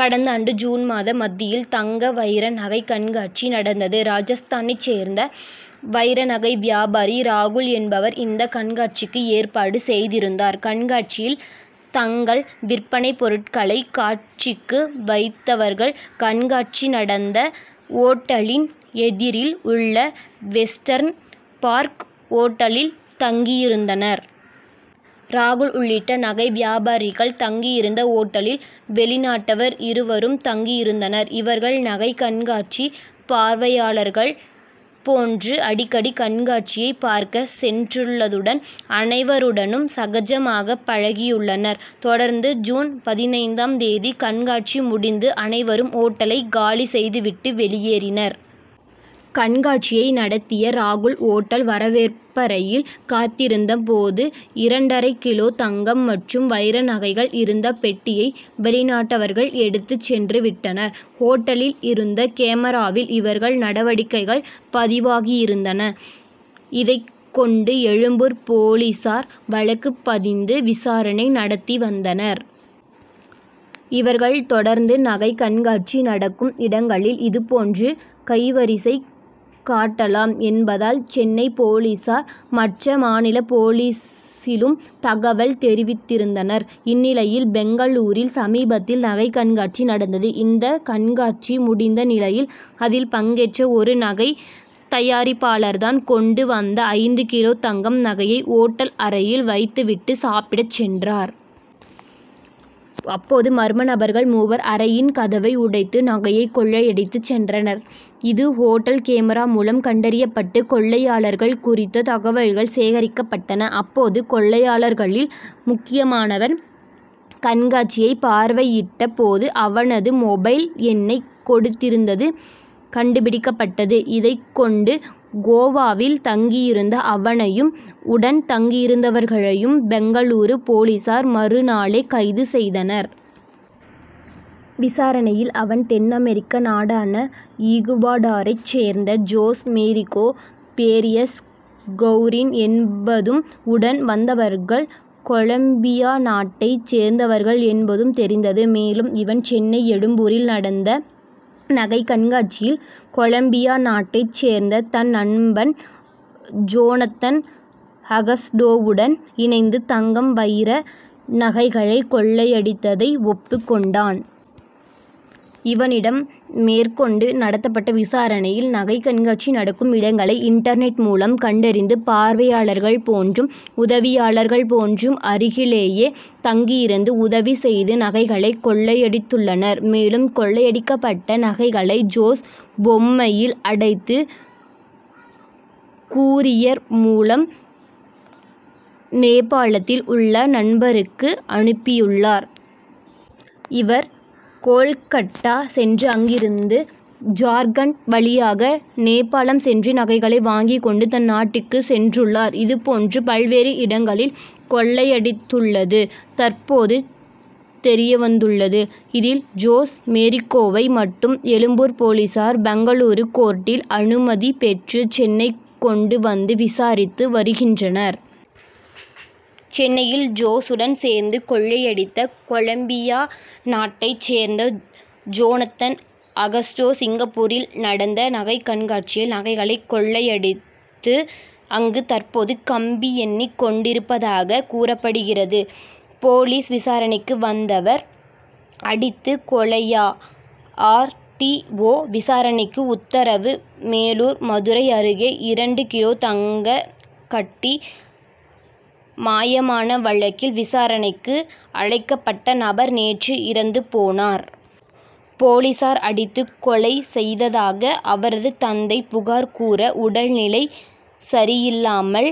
கடந்தாண்டு ஜூன் மாத மத்தியில் தங்க வைர நகை கண்காட்சி நடந்தது. ராஜஸ்தானைச் சேர்ந்த வைர நகை வியாபாரி ராகுல் என்பவர் இந்த கண்காட்சிக்கு ஏற்பாடு செய்திருந்தார். கண்காட்சியில் தங்கள் விற்பனை பொருட்களை காட்சிக்கு வைத்தவர்கள் கண்காட்சி நடந்த ஓட்டலின் எதிரில் உள்ள வெஸ்டர்ன் பார்க் ஓட்டலில் தங்கியிருந்தனர். ராகுல் உள்ளிட்ட நகை வியாபாரிகள் தங்கியிருந்த ஓட்டலில் வெளிநாட்டவர் இருவரும் தங்கியிருந்தனர். இவர்கள் நகை கண்காட்சி பார்வையாளர்கள் போன்று அடிக்கடி கண்காட்சியை பார்க்க சென்றுள்ளதுடன் அனைவருடனும் சகஜமாக பழகியுள்ளனர். தொடர்ந்து ஜூன் பதினைந்தாம் தேதி கண்காட்சி முடிந்து அனைவரும் ஓட்டலை காலி செய்து விட்டு வெளியேறினர். கண்காட்சியை நடத்திய ராகுல் ஓட்டல் வரவேற்பறையில் காத்திருந்த போது இரண்டரை கிலோ தங்கம் மற்றும் வைர நகைகள் இருந்த பெட்டியை வெளிநாட்டவர்கள் எடுத்துச் சென்று விட்டனர். ஓட்டலில் இருந்த கேமராவில் இவர்கள் நடவடிக்கைகள் பதிவாகியிருந்தன. இதைக் கொண்டு எழும்பூர் போலீசார் வழக்கு பதிந்து விசாரணை நடத்தி வந்தனர். இவர்கள் தொடர்ந்து நகை கண்காட்சி நடக்கும் இடங்களில் இதுபோன்று கைவரிசை காட்டலாம் என்பதால் சென்னை போலீசார் மற்ற மாநில போலீசிலும் தகவல் தெரிவித்திருந்தனர். இந்நிலையில் பெங்களூரில் சமீபத்தில் நகை கண்காட்சி நடந்தது. இந்த கண்காட்சி முடிந்த நிலையில் அதில் பங்கேற்ற ஒரு நகை தயாரிப்பாளர் தான் கொண்டு வந்த ஐந்து கிலோ தங்க நகையை ஓட்டல் அறையில் வைத்துவிட்டு சாப்பிடச் சென்றார். அப்போது மர்ம நபர்கள் மூவர் அறையின் கதவை உடைத்து நகையை கொள்ளையடித்துச் சென்றனர். இது ஓட்டல் கேமரா மூலம் கண்டறியப்பட்டு கொள்ளையாளர்கள் குறித்த தகவல்கள் சேகரிக்கப்பட்டன. அப்போது கொள்ளையாளர்ர்களில் முக்கியமானவன் கண்காட்சியை பார்வையிட்ட போது அவனது மொபைல் எண்ணை கொடுத்திருந்தது கண்டுபிடிக்கப்பட்டது. இதை கொண்டு கோவாவில் தங்கியிருந்த அவனையும் உடன் தங்கியிருந்தவர்களையும் பெங்களூரு போலீசார் மறு நாளே கைது செய்தனர். விசாரணையில் அவன் தென்அமெரிக்க நாடான ஈகுவடாரைச் சேர்ந்த ஜோஸ் மேரிகோ பேரியஸ் கவுரின் என்பதும் உடன் வந்தவர்கள் கொலம்பியா நாட்டைச் சேர்ந்தவர்கள் என்பதும் தெரிந்தது. மேலும் இவன் சென்னை எழும்பூரில் நடந்த நகை கண்காட்சியில் கொலம்பியா நாட்டைச் சேர்ந்த தன் நண்பன் ஜோனத்தன் அகஸ்டோவுடன் இணைந்து தங்கம் வைர நகைகளை கொள்ளையடித்ததை ஒப்புக் கொண்டான். இவனிடம் மேற்கொண்டு நடத்தப்பட்ட விசாரணையில் நகை கண்காட்சி நடக்கும் இடங்களை இன்டர்நெட் மூலம் கண்டறிந்து பார்வையாளர்கள் போன்றும் உதவியாளர்கள் போன்றும் அருகிலேயே தங்கியிருந்து உதவி செய்து நகைகளை கொள்ளையடித்துள்ளனர். மேலும் கொள்ளையடிக்கப்பட்ட நகைகளை ஜோஸ் பொம்மையில் அடைத்து கூரியர் மூலம் நேபாளத்தில் உள்ள நண்பருக்கு அனுப்பியுள்ளார். இவர் கோல்கட்டா சென்று அங்கிருந்து ஜார்க்கண்ட் வழியாக நேபாளம் சென்று நகைகளை வாங்கிக் கொண்டு தன் நாட்டுக்கு சென்றுள்ளார். இது போன்று பல்வேறு இடங்களில் கொள்ளையடித்துள்ளது தற்போது தெரியவந்துள்ளது. இதில் ஜோஸ் மேரிகோவை மட்டும் எழும்பூர் போலீசார் பெங்களூரு கோர்ட்டில் அனுமதி பெற்று சென்னை கொண்டு வந்து விசாரித்து வருகின்றனர். சென்னையில் ஜோசுடன் சேர்ந்து கொள்ளையடித்த கொலம்பியா நாட்டைச் சேர்ந்த ஜோனத்தன் அகஸ்டோ சிங்கப்பூரில் நடந்த நகை கண்காட்சியில் நகைகளை கொள்ளையடித்து அங்கு தற்போது கம்பி எண்ணிக் கொண்டிருப்பதாக கூறப்படுகிறது. போலீஸ் விசாரணைக்கு வந்தவர் அடித்து கொலையா ஆர். டி. ஓ. விசாரணைக்கு உத்தரவு மேலூர் மதுரை அருகே இரண்டு கிலோ தங்க கட்டி மாயமான வழக்கில் விசாரணைக்கு அழைக்கப்பட்ட நபர் நேற்று இறந்து போனார். போலீசார் அடித்து கொலை செய்ததாக அவரது தந்தை புகார் கூற உடல் நிலை சரியில்லாமல்